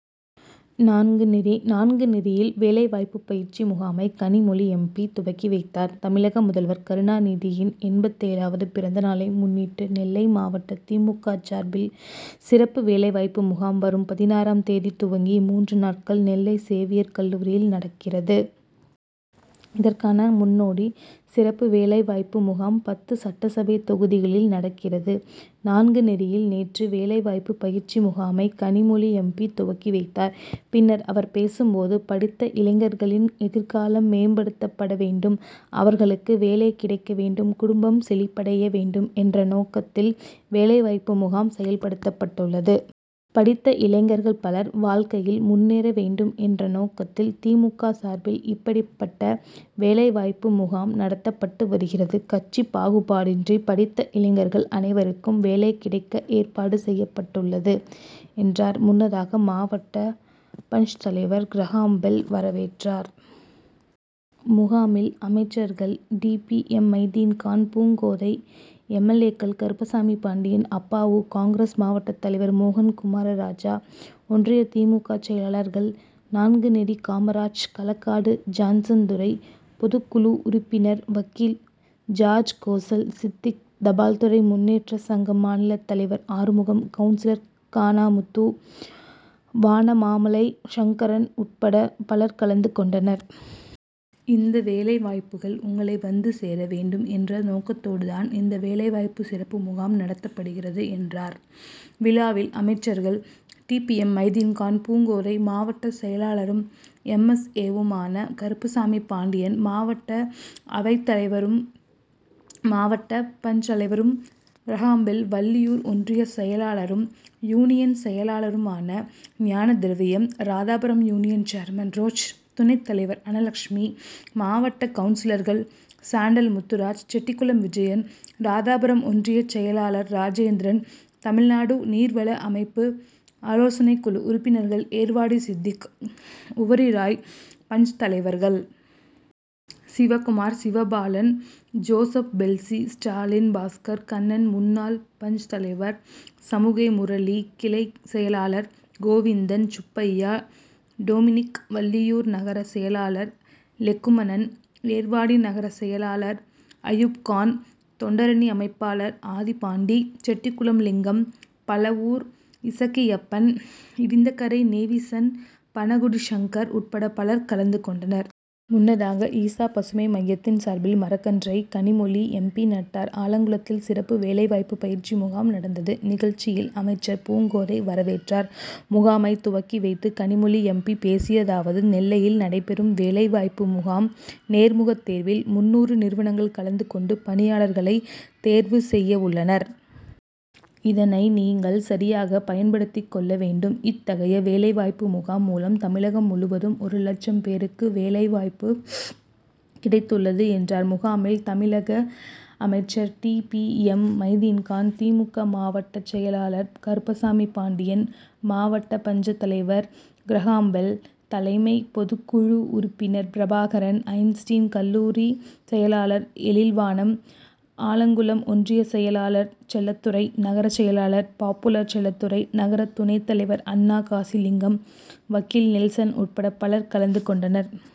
நான்குநெரி நான்குநெரியில் வேலைவாய்ப்பு பயிற்சி முகாமை கனிமொழி எம். பி., துவக்கி வைத்தார். தமிழக முதல்வர் கருணாநிதியின் எண்பத்தேழாவது பிறந்தநாளை முன்னிட்டு நெல்லை மாவட்ட திமுக சார்பில் சிறப்பு வேலைவாய்ப்பு முகாம் வரும் பதினாறாம் தேதி துவங்கி மூன்று நாட்கள் நெல்லை சேவியர் கல்லூரியில் நடக்கிறது. இதற்கான முன்னோடி சிறப்பு வேலைவாய்ப்பு முகாம் பத்து சட்டசபை தொகுதிகளில் நடக்கிறது. நான்குநெறியில் நேற்று வேலைவாய்ப்பு பயிற்சி முகாமை கனிமொழி எம். பி. துவக்கி வைத்தார். பின்னர் அவர் பேசும்போது, படித்த இளைஞர்களின் எதிர்காலம் மேம்படுத்தப்பட வேண்டும். அவர்களுக்கு வேலை கிடைக்க வேண்டும். குடும்பம் செழிப்படைய வேண்டும் என்ற நோக்கத்தில் வேலைவாய்ப்பு முகாம் செயல்படுத்தப்பட்டுள்ளது. படித்த இளைஞர்கள் பலர் வாழ்க்கையில் முன்னேற வேண்டும் என்ற நோக்கத்தில் தி. மு. க. சார்பில் இப்படிபட்ட வேலைவாய்ப்பு முகாம் நடத்தப்பட்டு வருகிறது. கட்சி பாகுபாடின்றி படித்த இளைஞர்கள் அனைவருக்கும் வேலை கிடைக்க ஏற்பாடு செய்யப்பட்டுள்ளது என்றார். முன்னதாக மாவட்ட பஞ்., தலைவர் கிரகாம்பெல் வரவேற்றார். முகாமில் அமைச்சர்கள் T. P. M. Maideenkhan, Poongothai, M. L. A. கள் கருப்பசாமிபாண்டியன், அப்பாவு, காங்கிரஸ்., மாவட்ட தலைவர் மோகன்குமாரராஜா, ஒன்றிய திமுக செயலாளர்கள் நான்குநெரி காமராஜ், களக்காடு ஜான்சன்துரை, பொதுக்குழு உறுப்பினர் வக்கீல் சார்ஜ்கோசல், சித்திக், தபால்துறை முன்னேற்ற சங்க மாநில தலைவர் ஆறுமுகம், கவுன்சிலர் கானாமுத்து, வானமாமலை சங்கரன் உட்பட பலர் கலந்து கொண்டர். இந்த வேலை வாய்ப்புகள் உங்களை வந்து சேர வேண்டும் என்ற நோக்கத்தோடு தான் இந்த வேலைவாய்ப்பு சிறப்பு முகாம் நடத்தப்படுகிறது என்றார். விழாவில் அமைச்சர்கள் டிபிஎம் மைதீன்கான், பூங்கோதை, மாவட்ட செயலாளரும் எம். எஸ். ஏ.,வுமான கருப்பசாமிபாண்டியன், மாவட்ட அவைத்தலைவரும் மாவட்ட பஞ்., தலைவரும் கிரகாம்பெல், வள்ளியூர் ஒன்றிய செயலாளரும் யூனியன் செயலாளருமான Gnanathiraviyam, Radhapuram union chairman roach, துணைத் தலைவர் அன்னலட்சுமி, மாவட்ட கவுன்சிலர்கள் சாண்டல் முத்துராஜ், செட்டிகுளம் விஜயன், ராதாபுரம் ஒன்றிய செயலாளர் ராஜேந்திரன், தமிழ்நாடு நீர்வள அமைப்பு ஆலோசனைக்குழு உறுப்பினர்கள் ஏர்வாடி சித்திக், உவரி ராய், பஞ்.,தலைவர்கள் சிவகுமார், சிவபாலன், ஜோசப்பெல்ஸி, ஸ்டாலின், பாஸ்கர், கண்ணன், முன்னாள் பஞ்.,தலைவர் சமுகை முரளி, கிளை செயலாளர் கோவிந்தன், சுப்பையா, டொமினிக், வள்ளியூர் நகர செயலாளர் லெக்குமணன், ஏர்வாடி நகர செயலாளர் அயூப்கான், தொண்டரணி அமைப்பாளர் ஆதிபாண்டி, செட்டிகுளம் லிங்கம், பழவூர் இசக்கியப்பன், இடிந்தகரை நேவிசன், பணகுடி சங்கர் உட்பட பலர் கலந்து கொண்டனர். முன்னதாக ஈசா பசுமை மையத்தின் சார்பில் மரக்கன்றை கனிமொழி எம். பி., நட்டார். ஆலங்குளத்தில் சிறப்பு வேலைவாய்ப்பு பயிற்சி முகாம் நடந்தது. நிகழ்ச்சியில் அமைச்சர் பூங்கோதை வரவேற்றார். முகாமை துவக்கி வைத்து கனிமொழி எம். பி. பேசியதாவது நெல்லையில் நடைபெறும் வேலை வாய்ப்பு முகாம் நேர்முக தேர்வில் முந்நூறு நிறுவனங்கள் கலந்து கொண்டு பணியாளர்களை தேர்வு செய்யவுள்ளனர். இதனை நீங்கள் சரியாக பயன்படுத்திக் கொள்ள வேண்டும். இத்தகைய வேலைவாய்பு முகாம் மூலம் தமிழகம் முழுவதும் ஒரு லட்சம் பேருக்கு வேலைவாய்ப்பு கிடைத்துள்ளது என்றார். முகாமில் தமிழக அமைச்சர் T. P. M. Maideenkhan, DMK மாவட்ட செயலாளர் கருப்பசாமிபாண்டியன், மாவட்ட பஞ்ச., தலைவர் கிரகாம்பெல், தலைமை பொதுக்குழு உறுப்பினர் பிரபாகரன், ஐன்ஸ்டின் கல்லூரி செயலாளர் எழில்வானம், ஆலங்குளம் ஒன்றிய செயலாளர் செல்லத்துரை, நகர செயலாளர் பாப்புலர் செல்லத்துரை, நகர துணைத் தலைவர் அண்ணா காசிலிங்கம், வக்கீல் நெல்சன் உட்பட பலர் கலந்து கொண்டனர்.